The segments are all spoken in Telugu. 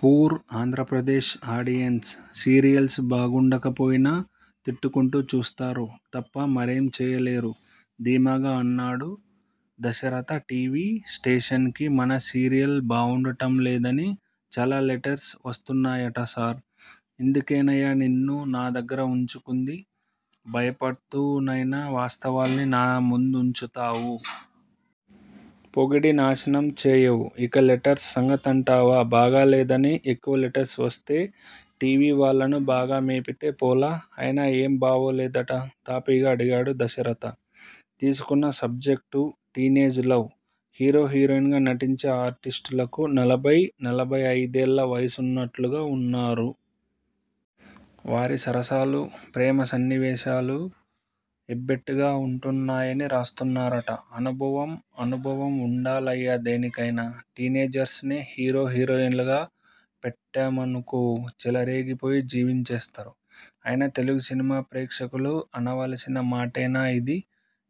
పూర్ ఆంధ్రప్రదేశ్ ఆడియన్స్ సీరియల్స్ బాగుండకపోయినా తిట్టుకొంటూ చూస్తారు తప్ప మరేం చేయలేరు ' ధీమాగా అన్నాడు దశరథ. టి. వి. స్టేషన్ కి మన సీరియల్ బావుండటంలేదని చాలా లెటర్స్ వస్తున్నాయట సార్ ఇందుకేనయ్య నిన్ను నా దగ్గరే ఉంచుకుంది. భయపడుతూనైనా వాస్తవాల్ని నా ముందుంచుతావు. పొగిడి నాశనం చేయవు. ఇక లెటర్స్ సంగతంటావా? బాగాలేదని ఎక్కువ లెటర్స్ వస్తే టీ. వీ. వాళ్ళను బాగా మేపితే పోలా? అయినా ఏం బావోలేదట? తాపీగా అడిగాడు దశరథ. తీసుకున్న subject teenage love. Hero, heroine గా నటించే ఆర్టిస్టులకు నలభై, నలభై ఐదేళ్ళ వయస్సున్నట్లుగా ఉన్నారు. వారి సరసాలు. ప్రేమ సన్నివేశాలు ఎబ్బెట్టుగా ఉంటున్నాయని రాస్తున్నారట అనుభవం అనుభవం ఉండాలయ్యదేనికైనా. టీనేజర్స్ నే హీరో, హీరోయిన్లుగా పెట్టమనుకో చెలరేగిపోయి జీవించేస్తారు. అయినా తెలుగు సినిమా ప్రేక్షకులు అనవలసిన మాటేనా ఇది!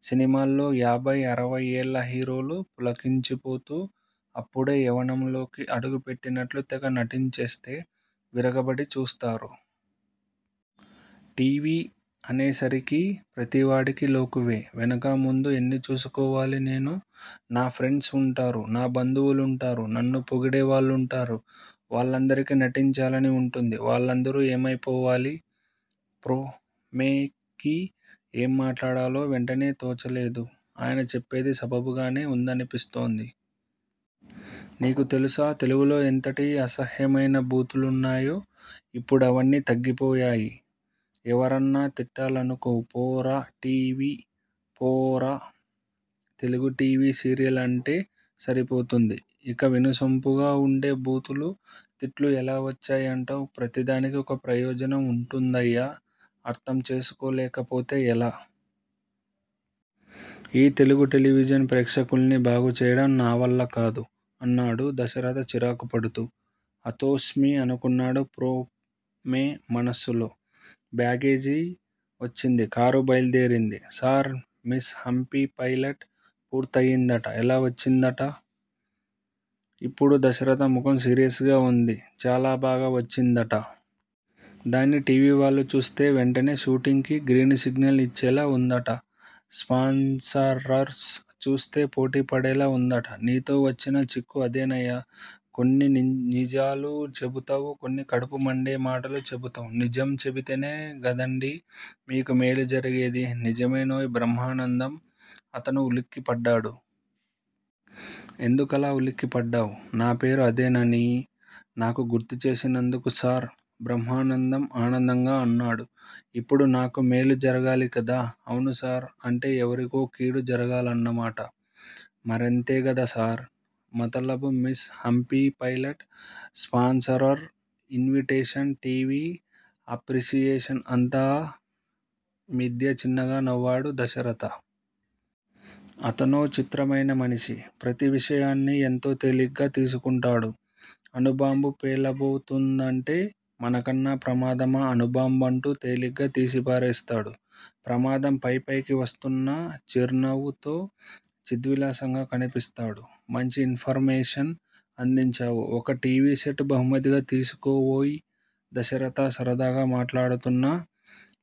సినిమాల్లో, యాభై అరవై ఏళ్ళ హీరోలు పులకించిపోతూ అప్పుడే యవ్వనంలోకి అడగుపెట్టినట్లు తెగ నటించేస్తే, విరగబడి చూస్తారు. టీ. వీ. అనే సరికి ప్రతివాడికీ లోకువే వెనుకా ముందు ఎన్ని చూసుకోవాలి నేను? నా ఫ్రెండ్స్ ఉంటారు-నా బంధువులుంటారు-నన్ను పొగిడే వాళ్ళుంటారు. వాళ్ళందరికీ నటించాలని ఉంటుంది. వాళ్ళందరూ ఏమైపోవాలి? ప్రో. మే. కి ఏం మాట్లాడాలో వెంటనే తోచలేదు. ఆయన చెప్పేది సబబుగానే ఉందనిపిస్తోంది. నీకు తెలుసా తెలుగులో ఎంతటి అసహ్యమైన బూతులున్నాయో? ఇప్పడవన్నీ తగ్గిపోయాయి. ఎవర్నన్నా తిట్టాలనుకో ఫోరా టి. వి. ఫోరా తెలుగుటీవీ సీరియల్ అంటే సరిపోతుంది. ఇంత వినసొంపుగా ఉండే బూతులు, తిట్లు ఎలా వచ్చాయంటావ్? ప్రతి దానికి ఒక ప్రయోజనం ఉంటుందయ్యా అర్థం చేసుకోలేకపోతే ఎలా? ఈ తెలుగు టెలివిజన్ ప్రేక్షకుల్ని బాగుచేయడం నావల్లకాదు అన్నాడు దశరథ చిరాకుపడుతూ. హతోస్మి అనుకున్నాడు ప్రో. మే మనస్సులో. బ్యాగేజి వచ్చింది. కారు బయల్దేరింది. సార్ మిస్ హంపి పైలట్ పూర్తయిందట ఎలా వచ్చిందట? ఇప్పుడు దశరథ ముఖం సీరియస్ గా ఉంది. చాలా బాగా వచ్చిందట. దాన్ని టీవీ వాళ్ళు చూస్తే వెంటనే షూటింగ్ కి గ్రీన్ సిగ్నల్ ఇచ్చేలా ఉందట. స్పాన్సరర్స్ చూస్తే పోటీపడేలా ఉందట. నీతో వచ్చిన చిక్కు అదేనయ్యా కొన్ని నిజాలు చెబుతావు. కొన్ని కడుపు మండే మాటలు చెబుతావు నిజం చెబితేనే గదండి మీకు మేలు జరిగేది నిజమేనోయ్ బ్రహ్మానందం అతను ఉలిక్కిపడ్డాడు. ఎందుకలా ఉలిక్కిపడ్డావ్? నాపేరు అదేనని నాకు గుర్తుచేసినందుకు సార్ బ్రహ్మానందం ఆనందంగా అన్నాడు. ఇప్పుడు నాకు మేలు జరగాలి కదా? అవునుసార్ అంటే ఎవరికో కీడు జరగాలన్న మాట. మరేంతేగదాసర్ మతలబు miss Hampi pilot sponsor invitation TV appreciation అంతా మిధ్య చిన్నగా నవ్వాడు దశరథ. అతనో చిత్రమైన మనిషి. ప్రతి విషయాన్ని ఎంతో తేలిగ్గా తీసుకుంటాడు. అణుబాంబు పేలబో తోందంటే మనకన్నా ప్రమాదమా అణుబాంబంటూ తేలిగ్గా తీసిపారేస్తాడు. ప్రమాదం పైపైకి వస్తున్నా చిర్నవ్వుతో చిద్విలాసంగా కనిపిస్తాడు. మంచి ఇన్ ఫర్మేషన్ అందించావు. ఒక టీవీ సెట్ బహుమతిగా తీసుకోవోయ్ దశరథ సరదాగా మాట్లాడుతున్నా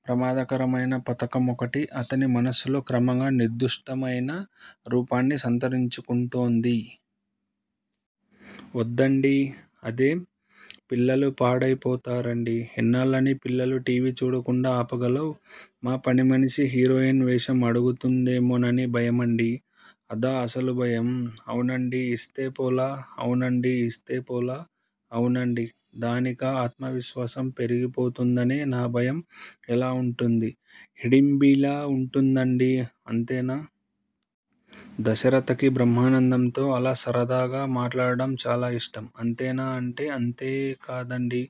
ప్రమాదకరమైన పతకమొకటి అతని మనస్సులో క్రమంగా నిర్దుష్టమైన రూపాన్ని సంతరించుకుంటోంది. వద్దండి అదేం? పిల్లలు పాడైపోతారండి ఎన్నాళ్ళని పిల్లలు టీవీ చూడకుండా ఆపగలవ్? మా పనిమనిషి హీరోయిన్ వేషం అడుగుతుందేమోనని భయమండి అదా అసలు భయం అవునండీ ఇస్తేపోలా? అవునండీ ఇస్తేపోలా? అవునండి. దానికా ఆత్మవిశ్వాసం పెరిగిపోతుందనే నా భయం ఎలా ఉంటుంది? హిడింబీలా ఉంటుందండి అంతేనా? దశరథకి బ్రహ్మానందంతో అలా సరదాగా మాట్లాడటం చాలా ఇష్టం. అంతేనా అంటే అంతేకాదండి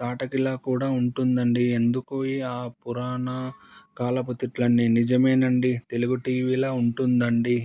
తాటకిలా కూడా ఉంటుందండి ఎందుకోయ్ ఆ పురాణకాలపు తిట్లన్నీ? నిజమేనండి. తెలుగు టీవీలా ఉంటుందండి